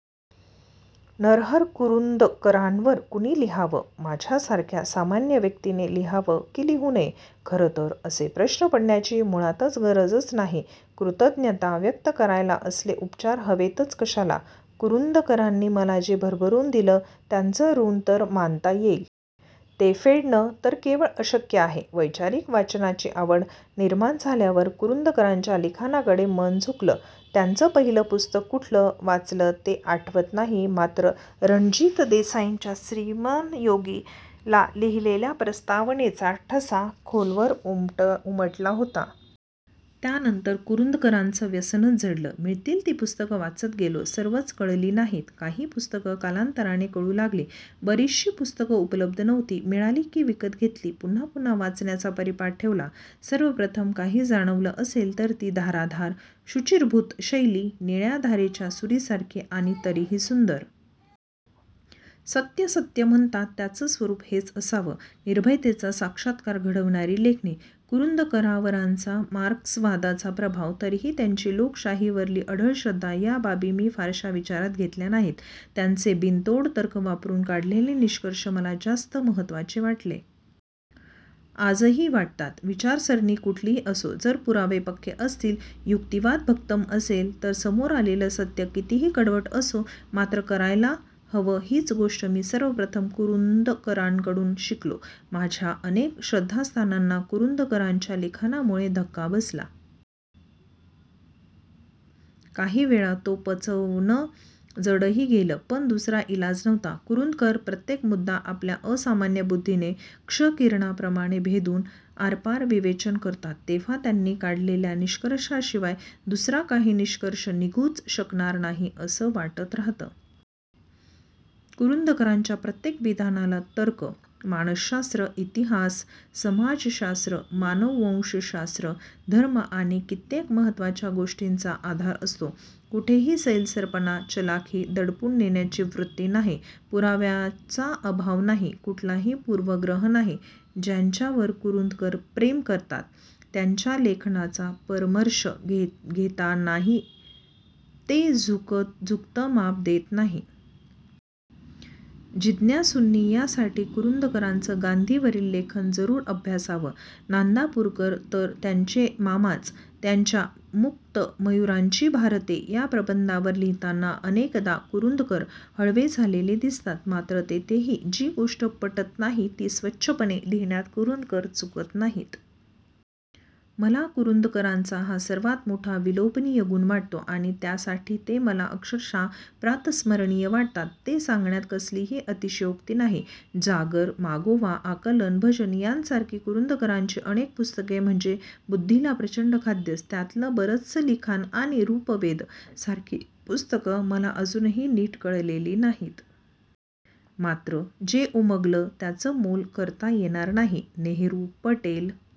नरहर कुरुंदकरांवर कुणी लिहावं? माझ्यासारख्या सामान्य व्यक्तीने लिहावं की लिहू नये? खरंतर असे प्रश्न पडण्याची मुळात गरजच नाही. कृतज्ञता व्यक्त करायला असले उपचार हवेतच कशाला? कुरुंदकरांनी मला जे भरभरुन दिलं त्याचं ऋण तर मानता येईल. ते फेडणं तर केवळ अशक्य आहे. वैचारीक वाचनाची आवड निर्माण झाल्यावर कुरुंदकरांच्या लिखाणाकडे मन झुकलं. त्यांचं पहीलं पुस्तक कुठलं वाचलं ते आठवत नाही मात्र रणजित देसाईंच्या "श्रीमान योगी" ला लिहीलेल्या प्रस्तावनेचा ठसा खोल उमटला होता. त्यानंतर कुरुंदकरांचं व्यसनच जडलं. मिळतील ती पुस्तकं वाचत गेलो. सर्वच कळली नाहीत. काही पुस्तकं कालांतराने कळु लागली. बरीचशी पुस्तकं उपलब्ध नव्हती. मिळाली ती विकत घेतली. पुन्हा पुन्हा वाचण्याचा परिपाठ ठेवला. सर्वप्रथम काही जाणवलं असेल तर ती धारदार, शुचिर्भूत शैली, निळ्या धारेच्या सुरीसारखी, आणि तरीही सुंदर. सत्य सत्य म्हणतात त्याचं स्वरुप हेच असावं. निर्भयतेचा साक्षात्कार घडवणारी लेखणी. कुरुंदकरांवरचा मार्क्सवादाचा प्रभाव, तरीही त्यांची लोकशाहीवरील अढळ श्रद्धा या बाबी मी फारशा विचारात घेतल्या नाहीत. त्यांचे बिनतोड तर्क वापरुन काढलेले निष्कर्ष मला जास्त महत्त्वाचे वाटले. आजही वाटतात. विचारसरणी कुठलीही असो जर पुरावे पक्के असतील, युक्तीवाद भक्कम असेल तर समोर आलेलं सत्य कितीही कडवट असो मान्य करायला हवं हीच गोष्ट मी सर्वप्रथम कुरुंदकरांकडून शिकलो. माझ्या अनेक श्रद्धास्थानांना कुरुंदकरांच्या लिखाणामुळे धक्का बसला. काहीवेळा तो पचवणं जडही गेलं पण दुसरा इलाज नव्हता. कुरुंदकर प्रत्येक मुद्दा आपल्या असामान्य बुद्धीने क्ष किरणाप्रमाणे भेदूना आरपार विवेचन करतात तेव्हा त्यांनी काढलेल्या निष्कर्षाशिवाय दुसरा काही निष्कर्ष निघूच शकणार नाही असं वाटत राहतं. कुरुंदकरांच्या प्रत्येक विधानाला तर्क, मानसशास्त्र, इतिहास, समाजशास्त्र, मानववंशशास्त्र, धर्म आणि कित्येक महत्त्वाच्या गोष्टींचा आधार असतो. कुठेही सैलसरपणा, चलाखी, दडपुन नेण्याची वृत्ती नाही, पुराव्याचा अभाव नाही, कुठलाही पुर्वग्रह नाही. ज्यांच्यावर कुरुंदकर प्रेम करतात त्यांच्या लेखनाचा परमर्ष घेतानाही ते झुकतं माप देत नाहीत. जिज्ञासूंनी यासाठी कुरुंदकरांचं गांधींवरील लेखन जरुर अभ्यासावं. नांदापूरकर तर त्यांचे मामाच. त्यांच्या "मुक्त मयुरांची भारते" या प्रबंधावर लिहीताना अनेकदा कुरुंदकर हळवे झालेले दिसतात. मात्र तेथेही जी गोष्ट पटत नाही ती स्वच्छपणे लिहीण्यात कुरुंदकर चुकत नाहीत. मला कुरुंदकरांचा हा सर्वात मोठा, विलोभनीय गुण वाटतो. आणि त्यासाठी ते मला अक्षरशः प्रातस्मरणीय वाटतात हे सांगण्यात कसलीही अतिशयोक्ती नाही. जागर, मागोवा, आकलन, भजन यांसारखी कुरुंदकरांची अनेक पुस्तके म्हणजे बुद्धीला प्रचंड खाद्यंच. त्यातलं बरचसं लिखाण आणि "रुपवेध" सारखी पुस्तकं मला अजुनही नीट कळलेली नाहीत. मात्र जे उमगलं त्याचं मोल करता येणार नाही. नेहरु, पटेल,